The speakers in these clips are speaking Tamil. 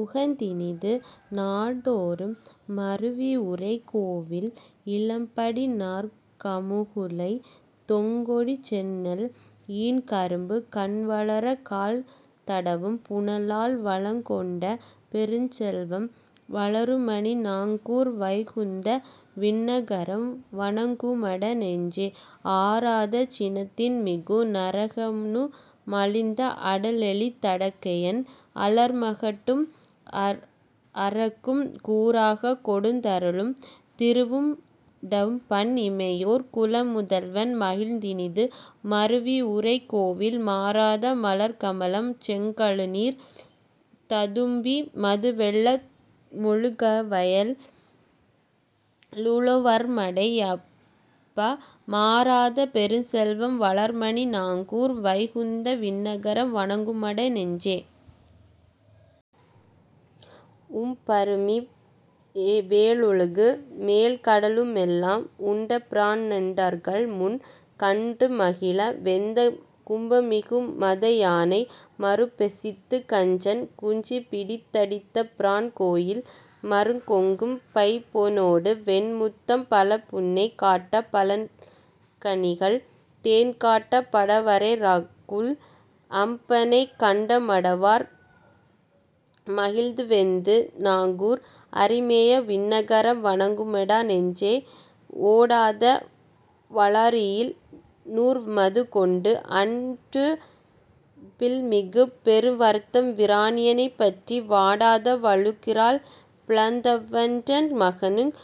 உகந்தினிது நாடோறும் மருவியுறை கோயில், இளம்படிநற் கமுகுகுலைத் தெங்குகொடிச் செந்நெல் ஈன்கரும்பு கண்வளரக் கால்தடவும் புனலால், வளங்கொண்ட பெருஞ்செல்வம் வளருமணி நாங்கூர் வைகுந்த விண்ணகரம் வணங்குமட நெஞ்சே.. ஆறாத சினத்தின்மிகு நரகனுர மழித்த அடலாழித் தடக்கையன் அலர்மகட்கும் அரற்கும், கூறாகக் கொடுத்தருளும் திருவுடம்பன் இமையோர் குலமுதல்வன் மகிழ்ந்தினிது மருவியுறை கோயில், மாறாத மலர்க்கமலம் செங்கழுநீர் ததும்பி மதுவெள்ள மொழுகவய லுழவர்மடை யடைப்ப, மாறாத பெருஞ்செல்வம் வளருமணி நாங்கூர் வைகுந்த விண்ணகரம் வணங்குமட நெஞ்சே.. உம்பருமிவ் வேழுலகு மேழ்கடலு மெல்லாம் உண்டபிரான்ண்டர்கள்முன் கண்டுமகிழ வெய்த, கும்பமிகு மதயானை மருப்பொசித்துக் கஞ்சன் குஞ்சிபிடித் தடித்தபிரான் கோயில், மருங் கெங்கும் பைம்பொனொடு வெண்முத்தம் பலபுன்னை காட்டப் பலங்கனிகள் தேன்காட்டப் படவரவே ரல்குல், அம்பனைய கண்மடவார் மகிழ்வெய்து நாங்கூர் அரிமேய விண்ணகரம் வணங்கும ட நெஞ்சே.. ஓடாத வாளரியி னுருவமது கொண்டு அன் றுலப்பில்மிகு பெருவரத்த விரணியனைப் பற்றி, வாடாத வள்ளுகிரால் பிளந்தவன்றன் மகனுக்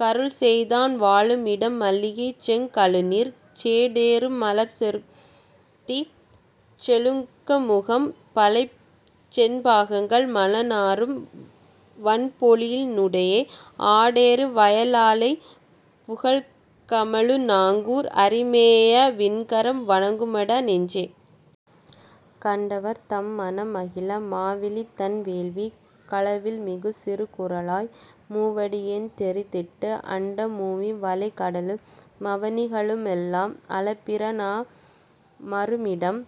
கருள்செய்தான் வாழுமிடம் மல்லிகைசெங் கழுநீர், சேடேறு மலர்ச்செருந்தி செழுங்கமுகம் பாளை செண்பகங்கள் மணநாறும் வண்பொழிலி னூடே, ஆடேறு வயலாலைப் புகைகமழு நாங்கூர் அரிமேய விண்ணகரம் வணங்குமட நெஞ்சே.. கண்டவர்தம் மனம்மகிழ மாவலிதன் வேள்விக் களவில்மிகு சிறுகுறளாய் மூவடியென் றிரந்திட்டு, அண்டமுமிவ் வலைகடலு மவனிகளு மெல்லாம் அளந்தபிரா னமருமிடம்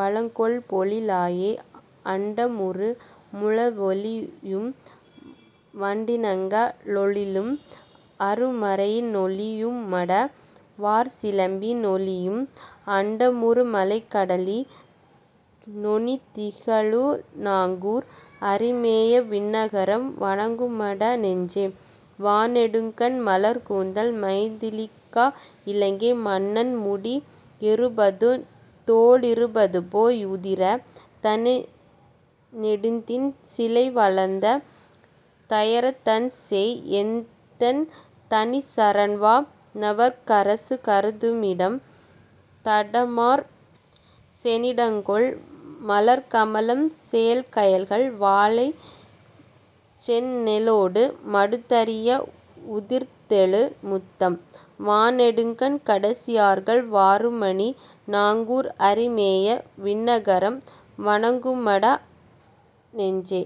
வளங்கொள்பொழி லயலே, அண்டமுறு முழவொலியும் வண்டினங்க ளொலியும் அருமறையி னொலியும்மட வார்சிலம்பி னொலியும், அண்டமுறு மலைகடலி னொலிதிகழு நாங்கூர் அரிமேய விண்ணகரம் வணங்குமட நெஞ்சே.. வாணெடுங்கண் மலர்க்கூந்தல் மைதிலிக்கா இலங்கை மன்னன்முடி யொருபதும்தோ ளிருபதும்போ யுதிர, தாணெடுந்தின் சிலைவளைத்த தயரதன்சேய் என்தன் தனிச்சரண்வா னவர்க்கரசு கருதுமிடம், தடமார் சேணிடங்கொள் மலர்க்கமலம் சேல்கயல்கள் வாளை செந்நெலொடு மடுத்தரிய வுதிர்ந்தசெழு முத்தம், வாணெடுங்கண் கடைசியர்கள் வாருமணி நாங்கூர் அரிமேய விண்ணகரம் வணங்குமட நெஞ்சே..